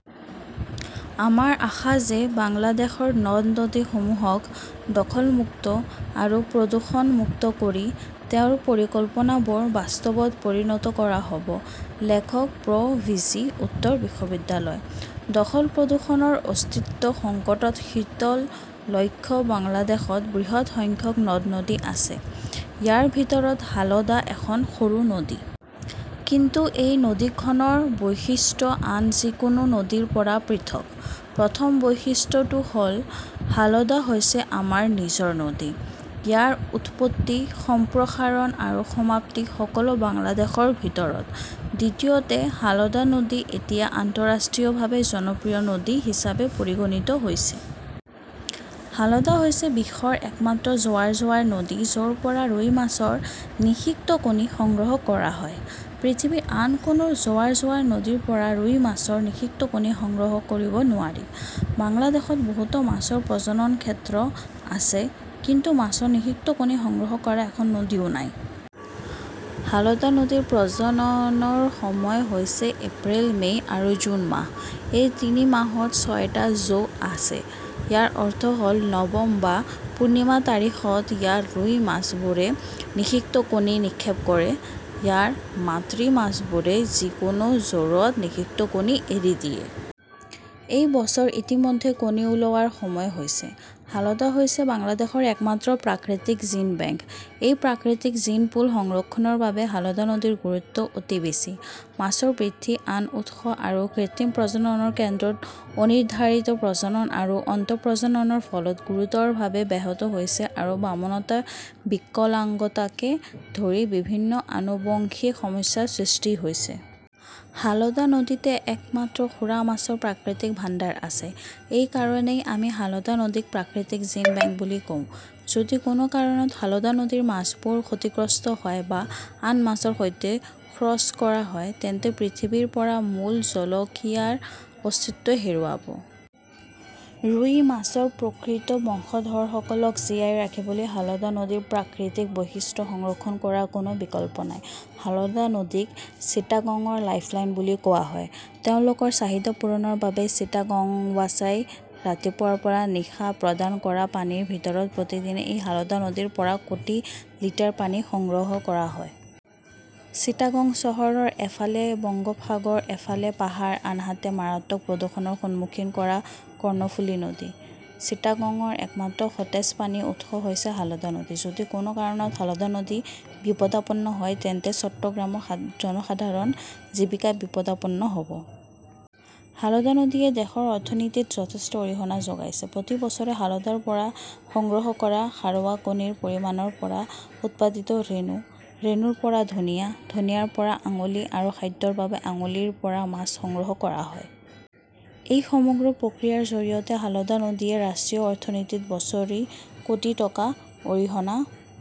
আমাৰ আশা যে বাংলাদেশৰ নদ-নদীসমূহক দখল মুক্ত আৰু প্ৰদূষণমুক্ত কৰি তেওঁৰ পৰিকল্পনাবোৰ বাস্তৱত পৰিণত কৰা হ'ব - লেখক প্ৰ' ভিচি, উত্তৰ বিশ্ববিদ্যালয়। দখল-প্ৰদূষণৰ অস্তিত্ব সংকটত শীতল লক্ষ্য বাংলাদেশত বৃহৎ সংখ্যক নদ-নদী আছে। ইয়াৰ ভিতৰত হালদা এখন সৰু নদী। কিন্তু এই নদীখনৰ বৈশিষ্ট্য আন যিকোনো নদীৰ পৰা পৃথক। প্ৰথম বৈশিষ্ট্যটো হ'ল হালদা হৈছে আমাৰ নিজৰ নদী। ইয়াৰ উৎপত্তি, সম্প্ৰসাৰণ আৰু সমাপ্তি সকলো বাংলাদেশৰ ভিতৰত। দ্বিতীয়তে, হালদা নদী এতিয়া আন্তঃৰাষ্ট্ৰীয়ভাৱে জনপ্ৰিয় নদী হিচাপে পৰিগণিত হৈছে। হালদা হৈছে বিশ্বৰ একমাত্ৰ জোৱাৰ-জোৱাৰ নদী য'ৰ পৰা ৰুই মাছৰ নিষিক্ত কণী সংগ্ৰহ কৰা হয়। পৃথিৱীৰ আন কোনো জোৱাৰ-জোৱাৰা নদীৰ পৰা ৰুই মাছৰ নিষিক্ত কণী সংগ্ৰহ কৰিব নোৱাৰি। বাংলাদেশত বহুতো মাছৰ প্ৰজনন ক্ষেত্ৰ আছে, কিন্তু মাছৰ নিষিক্ত কণী সংগ্ৰহ কৰা এখন নদীও নাই। হালদা নদীৰ প্ৰজননৰ সময় হৈছে এপ্ৰিল, মে' আৰু জুন মাহ। এই তিনি মাহত ছয়টা "জো" আছে। ইয়াৰ অৰ্থ হ'ল, নৱম বা পূৰ্ণিমা তাৰিখত, ইয়াত ৰুই মাছবোৰে নিষিক্ত কণী নিক্ষেপ কৰে। ইয়াত মাতৃ মাছবোৰে যিকোনো জোৰত নিষিক্ত কণী এৰি দিয়ে। এই বছৰ ইতিমধ্যে কণী ওলোৱাৰ সময় হৈছে। হালদা হৈছে বাংলাদেশৰ একমাত্ৰ প্ৰাকৃতিক জিন বেংক। এই প্ৰাকৃতিক জিনপুল সংৰক্ষণৰ বাবে হালদা নদীৰ গুৰুত্ব অতি বেছি। মাছৰ বৃদ্ধি আন উৎস আৰু কৃত্ৰিম প্ৰজনন কেন্দ্ৰত অনিৰ্ধাৰিত প্ৰজনন আৰু অন্তঃপ্ৰজনন ফলত গুৰুতৰভাৱে ব্যাহত হৈছে আৰু বামনতা, বিকলাঙ্গতাকে ধৰি বিভিন্ন আনুবংশিক সমস্যাৰ সৃষ্টি হৈছে। হালদা নদীতে একমাত্ৰ সুৰা মাছৰ প্ৰাকৃতিক ভাণ্ডাৰ আছে। এই কাৰণেই আমি হালদা নদীক প্ৰাকৃতিক জিন বেংক বুলি কওঁ। যদি কোনো কাৰণত হালদা নদীৰ মাছবোৰ ক্ষতিগ্ৰস্ত হয় বা আন মাছৰ সৈতে ক্ৰছ কৰা হয়, তেন্তে পৃথিৱীৰ পৰা মূল জলকীয়াৰ অস্তিত্ব হেৰুৱাব। ৰুই মাছৰ প্ৰকৃত বংশধৰসকলক জীয়াই ৰাখিবলৈ হালদা নদীৰ প্ৰাকৃতিক বৈশিষ্ট্য সংৰক্ষণ কৰাৰ কোনো বিকল্প নাই। হালদা নদীক চিটাগংৰ "লাইফলাইন " বুলি কোৱা হয়। তেওঁলোকৰ চাহিদা পূৰণৰ বাবে চিটাগং ৱাছাই ৰাতিপুৱাৰ পৰা নিশা প্ৰদান কৰা পানীৰ ভিতৰত প্ৰতিদিনে এই হালদা নদীৰ পৰা কোটি লিটাৰ পানী সংগ্ৰহ কৰা হয়। চিটাগং চহৰৰ এফালে বংগোপসাগৰ, এফালে পাহাৰ, আনহাতে মাৰাত্মক প্ৰদূষণৰ সন্মুখীন কৰা কৰ্ণফুলী নদী। চিটাগংৰ একমাত্ৰ সতেজ পানীৰ উৎস হৈছে হালদা নদী। যদি কোনো কাৰণত হালদা নদী বিপদাপন্ন হয়, তেন্তে চট্টাগ্ৰামৰ জনসাধাৰণৰ জীৱিকা বিপদাপন্ন হ'ব। হালদা নদীয়ে দেশৰ অৰ্থনীতিত যথেষ্ট অৰিহণা যোগাইছে। প্ৰতি বছৰে হালদাৰ পৰা সংগ্ৰহ কৰা সাৰুৱা কণীৰ পৰিমাণৰ পৰা উৎপাদিত ৰেনু, ৰেনুৰ পৰা ধনিয়া, ধনিয়াৰ পৰা আঙুলি আৰু খাদ্যৰ বাবে আঙুলিৰ পৰা মাছ সংগ্ৰহ কৰা হয়। এই সমগ্ৰ প্ৰক্ৰিয়াৰ জৰিয়তে হালদা নদীয়ে ৰাষ্ট্ৰীয় অৰ্থনীতিত বছৰি কোটি টকা অৰিহণা